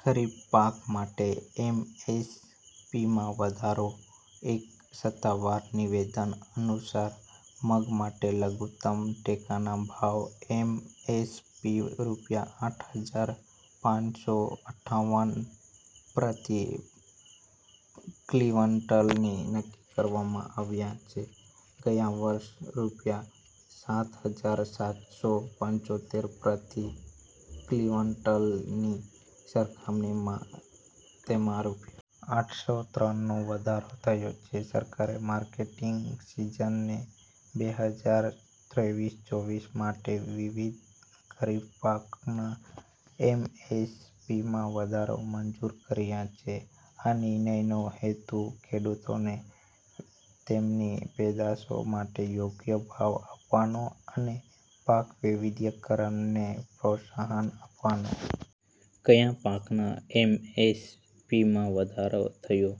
ખરીફ પાક માટે એમએસપીમાં વધારો એક સત્તાવાર નિવેદન અનુસાર, મગ માટે લઘુત્તમ ટેકાના ભાવ (એમએસપી) રૂપિયા આઠ હજાર પાંચસો અઠ્ઠાવનપ્રતિ ક્વિન્ટલ નક્કી કરવામાં આવ્યા છે. ગયા વર્ષના રૂપિયા સાત હજાર સાતસો પંચોતેર પ્રતિ ક્વિન્ટલની સરખામણીમાં તેમાં રૂ આઠસો ત્રણનો વધારો થયો છે. સરકારે માર્કેટિંગ સીઝન બેહજાર ત્રેવીસ-ચોવીસ માટે વિવિધ ખરીફ પાકોના એમએસપીમાં વધારો મંજૂર કર્યો છે. આ નિર્ણયનો હેતુ ખેડૂતોને તેમની પેદાશો માટે યોગ્ય ભાવ આપવાનો અને પાક વૈવિધ્યકરણને પ્રોત્સાહન આપવાનો છે. કયા પાકના એમએસપીમાં વધારો થયો?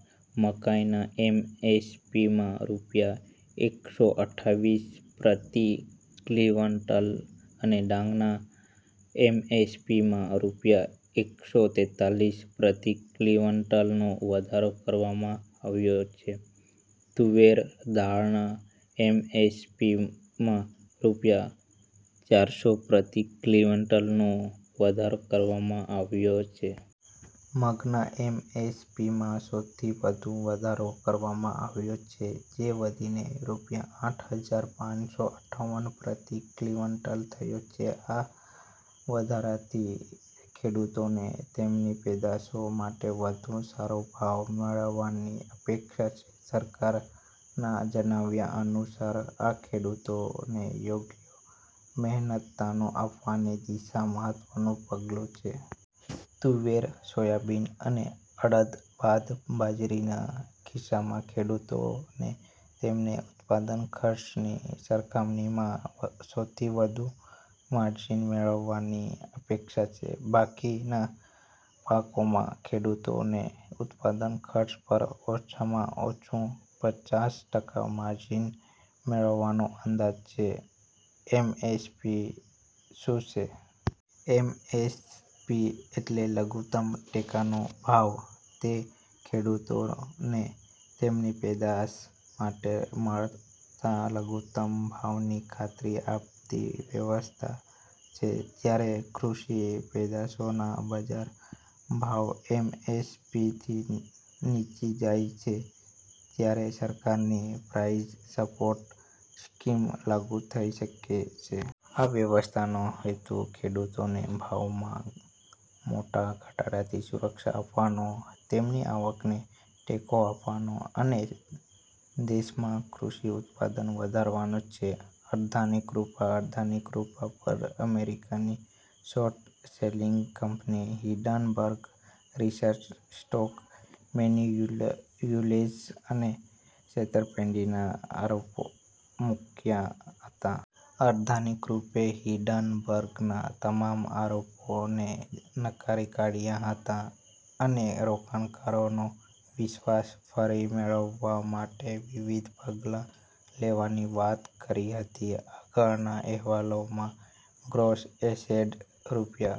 મકાઈના એમએસપીમાં રૂપિયા એકસો અઠ્ઠાવીસ પ્રતિ ક્વિન્ટલ અને ડાંગરના એમએસપીમાં રૂપિયા "એકસો ત્રેતાલીસ પ્રતિ ક્વિન્ટલનો વધારો કરવામાં આવ્યો છે. તુવેર દાળના એમએસપીમાં રૂપિયા ચારસો પ્રતિ ક્વિન્ટલનો વધારો કરવામાં આવ્યો છે. મગના એમએસપીમાં સૌથી વધુ વધારો કરવામાં આવ્યો છે, જે વધીને રૂપિયા આઠ હજાર પાંચસો અઠાવન પ્રતિ ક્વિન્ટલ થયો છે. આ વધારાથી ખેડૂતોને તેમની પેદાશો માટે વધુ સારો ભાવ મળવાની અપેક્ષા છે. સરકારના જણાવ્યા અનુસાર, આ ખેડૂતોને યોગ્ય મહેનતાણું આપવાની દિશામાં મહત્વનું પગલું છે. તુવેર, સોયાબીન અને અડદ બાદ બાજરીના કિસ્સામાં ખેડૂતોને તેમના ઉત્પાદન ખર્ચની સરખામણીમાં સૌથી વધુ માર્જિન મળવાની અપેક્ષા છે. બાકીના પાકોમાં ખેડૂતોને ઉત્પાદન ખર્ચ પર ઓછામાં ઓછું પચાસ ટકા માર્જિન મળવાનો અંદાજ છે. એમએસપી શું છે? એમએસપી એટલે લઘુત્તમ ટેકાનો ભાવ. તે ખેડૂતોને તેમની પેદાશ માટે મળતા લઘુત્તમ ભાવની ખાતરી આપતી વ્યવસ્થા છે. જ્યારે કૃષિ પેદાશોના બજાર ભાવએમએસપીથી નીચે જાય છે, ત્યારે સરકારની પ્રાઇસ સપોર્ટ સ્કીમ લાગુ થઈ શકે છે. આ વ્યવસ્થાનો હેતુ ખેડૂતોને ભાવમાં મોટા ઘટાડાથી સુરક્ષા આપવાનો, તેમની આવકને ટેકો આપવાનો અને દેશમાં કૃષિ ઉત્પાદન વધારવાનો છે. અદાણી ગ્રૂપ અદાણી ગ્રૂપ પર અમેરિકાની શોર્ટ-સેલિંગ કંપની હિંડનબર્ગ રિસર્ચે સ્ટોક મેનીપ્યુલેશન અને છેતરપિંડીના આરોપો મૂક્યા હતા. અદાણી ગ્રૂપે હિંડનબર્ગના તમામ આરોપોને નકારી કાઢ્યા હતા અને રોકાણકારોનો વિશ્વાસ ફરી મેળવવા માટે વિવિધ પગલાં લેવાની વાત કરી હતી. આગળના અહેવાલમાં ગ્રોસ એસેટ્સ રૂપિયા